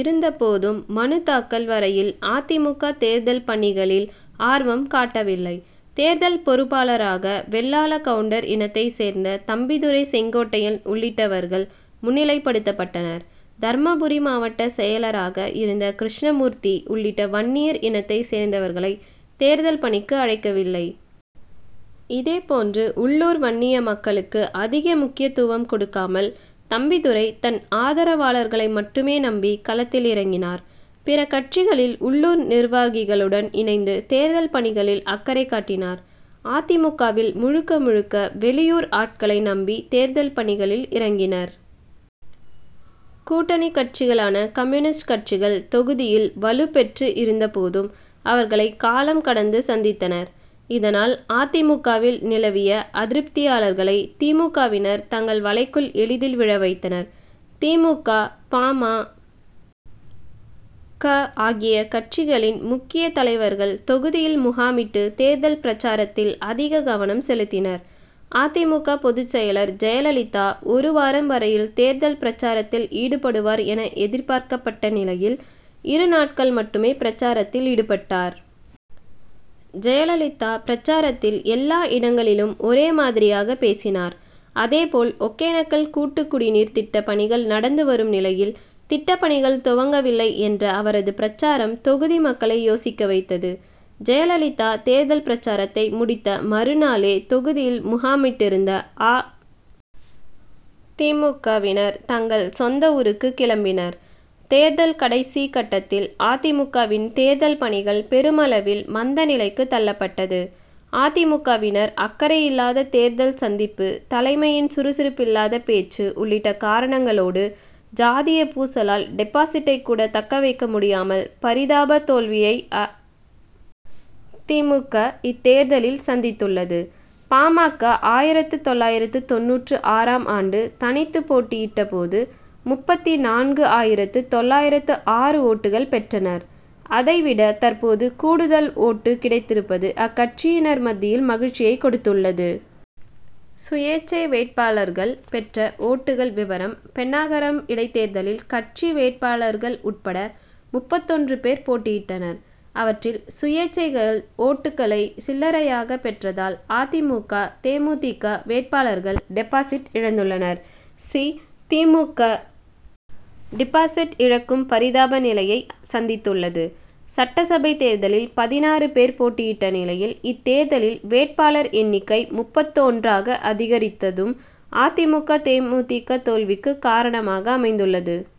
இருந்த போதும் மனு தாக்கல் வரையில் அ. தி. மு. க. தேர்தல் பணிகளில் ஆர்வம் காட்டவில்லை. தேர்தல் பொறுப்பாளராக வெள்ளாள கவுண்டர் இனத்தைச் சேர்ந்த தம்பிதுரை செங்கோட்டையன் உள்ளிட்டவர்கள் முன்னிலைப்படுத்தப்பட்டனர். தர்மபுரி மாவட்ட செயலராக இருந்த கிருஷ்ணமூர்த்தி உள்ளிட்ட வன்னியர் இனத்தைச் சேர்ந்தவர்களை தேர்தல் பணிக்கு அழைக்கவில்லை. இதே போன்று உள்ளூர் வன்னிய மக்களுக்கு அதிக முக்கியத்துவம் கொடுக்காமல் தம்பிதுரை தன் ஆதரவாளர்களை மட்டுமே நம்பி களத்தில் இறங்கினார். பிற கட்சிகளில் உள்ளூர் நிர்வாகிகளுடன் இணைந்து தேர்தல் பணிகளில் அக்கறை காட்டினர். அ. தி. மு. க.வில் முழுக்க முழுக்க வெளியூர் ஆட்களை நம்பி தேர்தல் பணிகளில் இறங்கினர். கூட்டணி கட்சிகளான கம்யூனிஸ்ட் கட்சிகள் தொகுதியில் வலு பெற்று இருந்த போதும் அவர்களை காலம் கடந்து சந்தித்தனர். இதனால் அ. தி. மு. க.வில் நிலவிய அதிருப்தியாளர்களை தி. மு. க.வினர் தங்கள் வலைக்குள் எளிதில் விழ வைத்தனர். தி. மு. க. பா. ம. க. ஆகிய கட்சிகளின் முக்கிய தலைவர்கள் தொகுதியில் முகாமிட்டு தேர்தல் பிரசாரத்தில் அதிக கவனம் செலுத்தினர். அ. தி. மு. க. பொதுச் செயலர் ஜெயலலிதா ஒரு வாரம் வரையில் தேர்தல் பிரசாரத்தில் ஈடுபடுவார் என எதிர்பார்க்கப்பட்ட நிலையில் இரு நாட்கள் மட்டுமே பிரசாரத்தில் ஈடுபட்டார். ஜெயலலிதா பிரசாரத்தில் எல்லா இடங்களிலும் ஒரே மாதிரியாக பேசினார். அதே போல் ஒகேனக்கல் கூட்டுக் குடிநீர் திட்ட பணிகள் நடந்து வரும் நிலையில் திட்டப்பணிகள் துவங்கவில்லை என்ற அவரது பிரசாரம் தொகுதி மக்களை யோசிக்க வைத்தது. ஜெயலலிதா தேர்தல் பிரசாரத்தை முடித்த மறு நாளே தொகுதியில் முகாமிட்டிருந்த அ. தி. மு. க.,வினர் தங்கள் சொந்த ஊருக்கு கிளம்பினர். தேர்தல் கடைசி கட்டத்தில் அ. தி. மு. க.வின் தேர்தல் பணிகள் பெருமளவில் மந்த நிலைக்கு தள்ளப்பட்டது. அ. தி. மு. க.வினரின் அக்கறையில்லாத தேர்தல் சந்திப்பு தலைமையின் சுறுசுறுப்பில்லாத பேச்சு உள்ளிட்ட காரணங்களோடு ஜாதிய பூசலால் டிபாசிட்டை கூட தக்கவைக்க முடியாமல் பரிதாப தோல்வியை அ. தி. மு. க. இத்தேர்தலில் சந்தித்துள்ளது. பா. ம. க. ஆயிரத்து தொள்ளாயிரத்து தொண்ணூற்று ஆறு ஆம் ஆண்டு தனித்து போட்டியிட்ட போது முப்பத்திநான்கு ஆயிரத்து தொள்ளாயிரத்து ஆறு ஓட்டுக்கள் பெற்றனர். அதை விட தற்போது கூடுதல் ஓட்டு கிடைத்திருப்பது அக்கட்சியினர் மத்தியில் மகிழ்ச்சியை கொடுத்துள்ளது. சுயேச்சை வேட்பாளர்கள் பெற்ற ஓட்டுக்கள் விவரம் பென்னாகரம் இடைத்தேர்தலில் கட்சி வேட்பாளர்கள் உட்பட முப்பத்தொன்று பேர் போட்டியிட்டனர். அவற்றில் சுயேச்சைகள் ஓட்டுக்களை சில்லரையாக பெற்றதால் அ. தி. மு. க. தே. மு. தி. க. வேட்பாளர்கள் டிபாசிட் இழந்துள்ளனர். சி. தி. மு. க. டிபாசிட் இழக்கும் பரிதாப நிலையை சந்தித்துள்ளது. சட்டசபை தேர்தலில் பதினாறு பேர் போட்டியிட்ட நிலையில் இத்தேர்தலில் வேட்பாளர் எண்ணிக்கை முப்பத்தொன்று ஆக அதிகரித்ததும் அ. தி. மு. க. தே. மு. தி. க. தோல்விக்கு காரணமாக அமைந்துள்ளது.